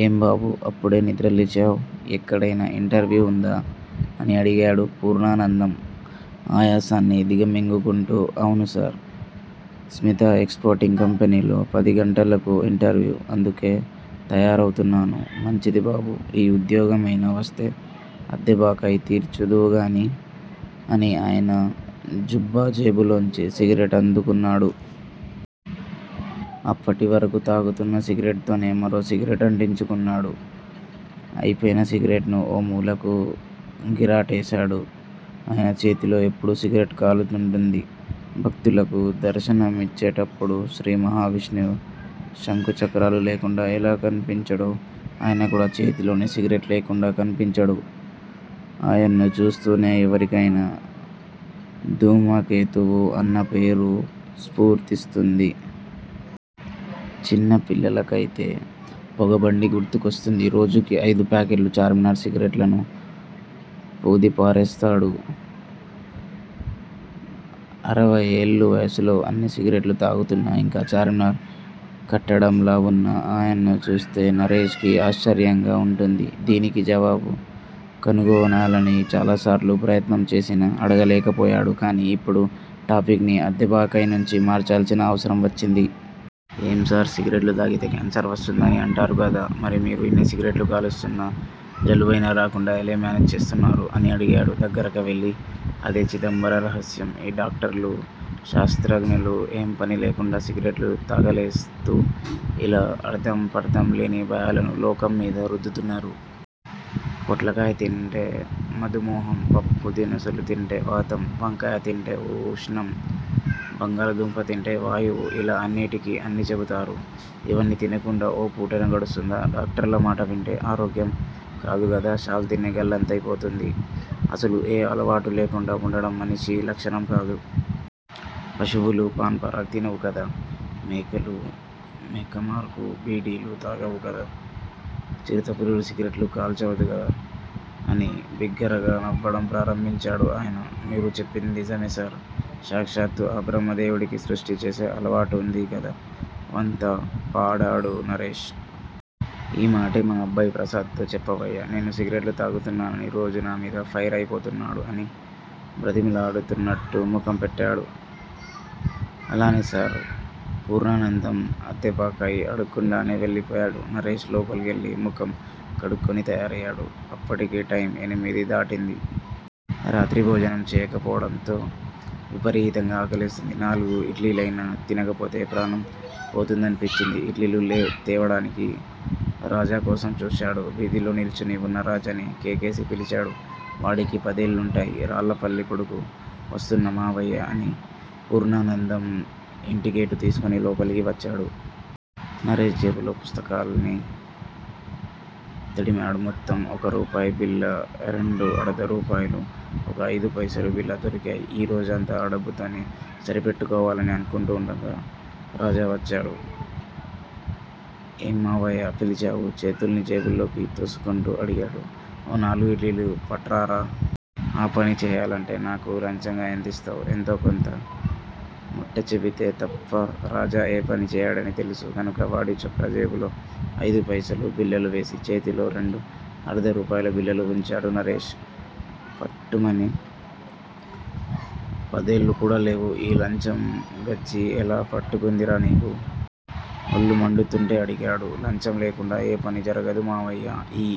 ఏం బాబూ! అప్పుడే నిద్రలేచావ్! ఎక్కడైనా ఇంటర్వ్యూ వుందా? అని అడిగాడు పూర్ణానందం ఆయాసాన్ని దిగమింగుకుంటూ. అవును సార్. స్మిత ఎక్స్ పోర్టింగ్ కంపెనీలో పదిగంటలకు ఇంటర్వ్యూ. అందుకే తయారవుతున్నాను. మంచిది బాబూ. ఈ ఉద్యోగం అయినా వస్తే అద్దె బకాయి తీర్చుదువుగానీ అని ఆయన జుబ్బా జేబులోంచి సిగరెట్ అందుకున్నాడు. అప్పటివరకు తాగుతున్న సిగరెట్ తోనే మరో సిగరెట్ అంటించుకున్నాడు. అయిపోయిన సిగరెట్ ను ఓ మూలకు గిరాటేశాడు. ఆయన చేతిలో ఎప్పుడూ సిగరెట్ కాలుతుంటుంది. భక్తులకు దర్శనమిచ్చేటప్పుడు శ్రీ మహావిష్ణువు శంఖుచక్రాలు లేకుండా ఎలా కనిపించడో ఆయన కూడా చేతిలోని సిగరెట్ లేకుండా కనిపించడు. ఆయన్ను చూస్తూనే ఎవరికైనా 'ధూమకేతువు' అన్న పేరు స్ఫురిస్తుంది. చిన్న పిల్లలకయితే పొగబండి గుర్తుకొస్తుంది. రోజుకి అయిదు ప్యాకెట్ల చార్మినార్ సిగరెట్లను వూదిపారేస్తాడు. అరవయేళ్ళ వయసులో అన్ని సిగరెట్లు తాగుతున్నా ఇంకా చార్మినార్ కట్టడంలా వున్న ఆయన్ను చూస్తే నరేష్ కి ఆశ్చర్యంగా వుంటుంది. దీనికి జవాబు కనుగొనాలని చాలాసార్లు ప్రయత్నం చేసినా అడగలేకపోయాడు. కానీ ఇప్పుడు టాపిక్ ని అద్దె బకాయి నుంచి మార్చాల్సిన అవసరం వచ్చింది. ఏం సార్! సిగరెట్లు తాగితే కాన్సర్ వస్తుందని అంటారు కదా. మరి మీరు ఇన్ని సిగరెట్లు కాలుస్తున్నా జలుబైనా రాకుండా ఎలా మేనేజ్ చేస్తున్నారు? అని అడిగాడు దగ్గరగా వెళ్ళి. అదే చిదంబర రహస్యం. ఈ డాక్టర్లు, శాస్త్రజ్ఞులు ఏం పని లేకుండా సిగరెట్లు తగలేస్తూ ఇలా అర్థంపర్థం లేని భయాలను లోకం మీద రుద్దుతున్నారు. పొట్లకాయ తింటే మధుమేహం, పప్పు దినుసులు తింటే వాతం, వంకాయ తింటే ఊష్ణం, బంగాళాదుంప తింటే వాయువు ఇలా అన్నిటికీ అన్నీ చెబుతారు. ఇవన్నీ తినకుండా ఓ పూటైనా గడుస్తుందా? డాక్టర్ల మాట వింటే ఆరోగ్యం కాదుగదా శాల్తీనే గల్లంతైపోతుంది. అసలు ఏ అలవాటూ లేకుండా వుండడం మనిషి లక్షణం కాదు. పశువులు పాన్ పరాగ్ తినవు కదా. మేకలు మేకమార్కు బీడీలు తాగవు కదా. చిరుతపులులు సిగరెట్లు కాల్చవుగదా అని బిగ్గరగా నవ్వడం ప్రారంభించాడు ఆయన. మీరు చెప్పింది నిజమే సార్. సాక్షాత్తు ఆ బ్రహ్మదేవుడికి సృష్టి చేసే అలవాటు వుంది కదా వంత పాడాడు నరేష్. ఈ మాటే మా అబ్బాయి ప్రసాద్ తో చెప్పవయ్యా, నేను సిగరెట్లు తాగుతున్నానని రోజూ నామీద ఫైర్ అయిపోతున్నాడు అని బతిమాలుతున్నట్టు ముఖం పెట్టాడు. అలానే సార్ పూర్ణానందం అద్దెబకాయి అడక్కుండానే వెళ్ళిపోయాడు. నరేష్ లోపలికెళ్ళి ముఖం కడుక్కుని తయారయ్యాడు. అప్పటికి టైమ్ ఎనిమిది దాటింది. రాత్రి భోజనం చేయకపోవడంతో విపరీతంగా ఆకలేస్తోంది. నాలుగు ఇడ్లీలైనా తినకపోతే ప్రాణం పోతుందనిపించింది. ఇడ్లీలు తేవడానికి రాజా కోసం చూశాడు. వీధిలో నిల్చుని వున్న రాజాని కేకేసి పిలిచాడు. వాడికి పదేళ్లుంటాయి. రాళ్ళపల్లి కొడుకు. వస్తున్నా మామయ్యా! అని పూర్ణానందం ఇంటిగేటు తీసుకుని లోపలికి వచ్చాడు. నరేష్ జేబులో, పుస్తకాలన్నీ తడిమాడు. మొత్తం ఒక రూపాయి బిళ్ళ, రెండు అర్థరూపాయలు, ఒక ఐదుపైసలు బిళ్ళా దొరికాయి. ఈ రోజంతా ఆ డబ్బుతోనే సరిపెట్టుకోవాలని అనుకుంటూ వుండగా రాజు వచ్చాడు. ఏం మామయ్యా! పిలిచావు చేతుల్ని జేబుల్లోకి తోసుకుంటూ అడిగాడు. ఓ నాలుగు ఇడ్లీలు పట్రారా. ఆ పని చేయాలంటే నాకు లంచంగా ఎంతిస్తావ్? ఎంతో కొంత ముట్టచెబితే తప్ప రాజా ఏ పనీ చేయడని తెలుసు గనుక వాడి చొక్కా జేబులో ఐదుపైసలు బిళ్ళవేసి చేతిలో రెండు అర్థరూపాయల బిళ్ళలు వుంచాడు నరేష్. పట్టుమని పదేళ్ళు కూడా లేవు, ఈ లంచం గజ్జి ఎలా పట్టుకుందిరా నీకు? ఒళ్ళు మండుతుంటే అడిగాడు. లంచం లేకుండా ఏ పనీ జరగదు మామయ్యా. ఈ